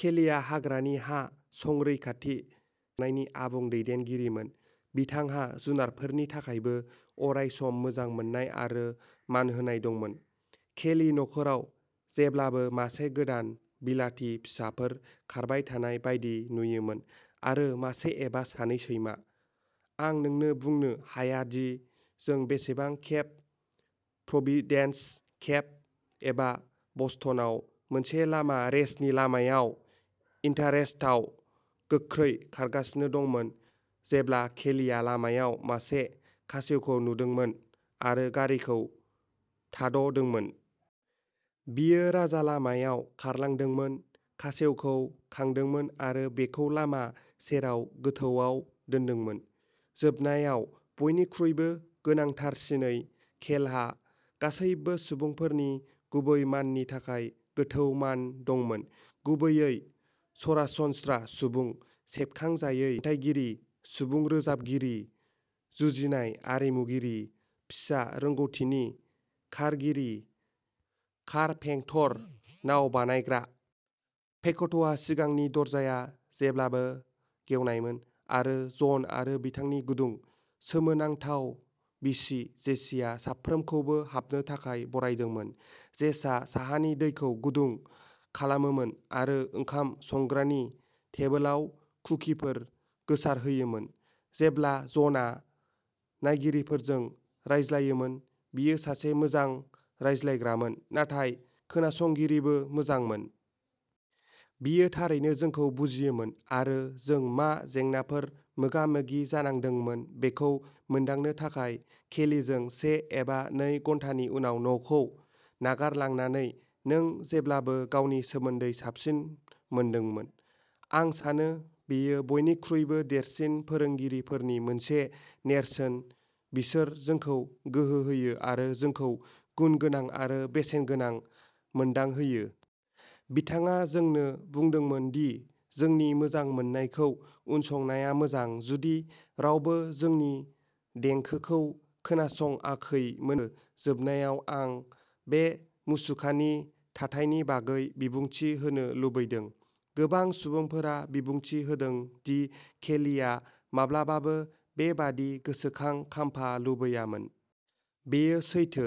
केलिआ हाग्रानि हा-संरैखाथि सोमावसारनायनि आबुं दैदेनगिरिमोन। बिथांहा जुनारफोरनि थाखायबो अरायसम मोजां मोननाय आरो मान होनाय दंमोन। केलि नख'राव जेब्लाबो मासे गोदान बिलाथि फिसाफोर खारबाय थानाय बायदि नुयोमोन, आरो मासे एबा सानै सैमा। आं नोंनो बुंनो हाया दि जों बेसेबां खेब प्रोभिडेन्स, केप, एबा बस्टनआव मोनसे लामा रेसनि लामायाव इन्टारस्टेट आव गोख्रै खारगासिनो दंमोन, जेब्ला केलिआ लामायाव मासे खासेवखौ नुदोंमोन, आरो गारिखौ थाद'दोंमोन। बियो राजालामायाव खारलांदोंमोन, खासेवखौ खांदोंमोन, आरो बेखौ लामा सेराव गोथौआव दोन्दोंमोन। जोबनायाव, बयनिख्रुइबो गोनांथारसिनै, केलहा गासैबो सुबुंफोरनि गुबै माननि थाखाय गोथौ मान दंमोन, गुबैयै सरासनस्रा सुबुं, सेबखांजायै खन्थाइगिरि, सुबुं रोजाबगिरि, जुजिनाय आरिमुगिरि, फिसा रोंग'थिनि खारगिरि, कारपेंटर, नाव बानायग्रा। पेक'टआव सिगांनि दरजाया जेब्लाबो गेवनायमोन, आरो जन आरो बिथांनि गुदुं, सोमोनांथाव बिसि जेसिआ साफ्रोमखौबो हाबनो थाखाय बरायदोंमोन। जेसआ साहानि दैखौ गुदुं खालामोमोन, आरो ओंखाम संग्रानि टेबोलाव कुकिफोर गोसारहोयोमोन। जेब्ला जनआ नायगिरिफोरजों रायज्लायोमोन। बियो सासे मोजां रायज्लायग्रामोन, नाथाय खोनासंगिरिबो मोजांमोन। बियो थारैनो जोंखौ बुजियोमोन, आरो जों मा जेंनाफोर मोगा-मोगि जानांदोंमोन बेखौ मोनदांनो थाखाय। केलिजों से एबा नै घन्टानि उनाव न'खौ नागारलांनानै, नों जेब्लाबो गावनि सोमोन्दै साबसिन मोनदोंमोन। आं सानो बेयो बयनिख्रुइबो देरसिन फोरोंगिरिफोरनि मोनसे नेरसोन-- बिसोर जोंखौ गोहो होयो आरो जोंखौ गुनगोनां आरो बेसेनगोनां मोनदांहोयो। बिथाङा जोंनो बुंदोंमोन दि जोंनि मोजां मोननायखौ उनसंनाया मोजां, जुदि रावबो जोंनि देंखोखौ खोनासंाखैमोनब्लाबो। जोबनायाव, आं बे मुसुखानि थाथायनि बागै बिबुंथि होनो लुबैदों। गोबां सुबुंफोरा बिबुंथि होदों दि केलिआ माब्लाबाबो बेबादि गोसोखां खाम्फा लुबैयामोन। बेयो सैथो।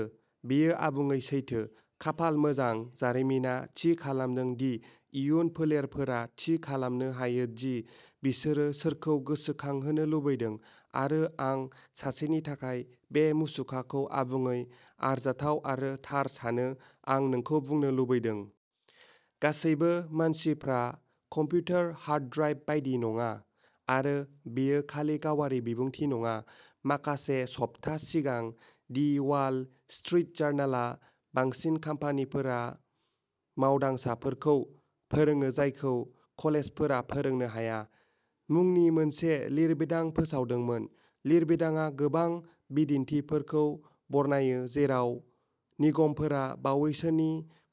बेयो आबुङै सैथो। खाफाल मोजां, जारिमिना थि खालामदों दि इयुन फोलेरफोरा थि खालामनो हायो दि बिसोरो सोरखौ गोसोखांहोनो लुबैदों। आरो आं, सासेनि थाखाय, बे मुसुखाखौ आबुङै आरजाथाव आरो थार सानो। आं नोंखौ बुंनो लुबैदों। गासैबो, मानसिफ्रा कम्पिउटार हार्ड ड्राइभ बायदि नङा। आरो बेयो खालि गावारि बिबुंथि नङा। माखासे सप्ता सिगां दि वाल स्ट्रिट जार्नाला "बांसिन कम्पानिफोरा मावदांसाफोरखौ फोरोंो जायखौ कलेजफोरा फोरोंनो हाया" मुंनि मोनसे लिरबिदां फोसावदोंमोन। लिरबिदांआ गोबां बिदिन्थिफोरखौ बरनायो जेराव निगमफोरा बावैसोनि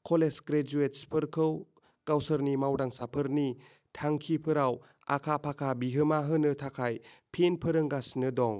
कलेज ग्रेजुएट्सफोरखौ गावसोरनि मावदांसाफोरनि थांखिफोराव आखा-फाखा बिहोमा होनो थाखाय फिन फोरोंगासिनो दं।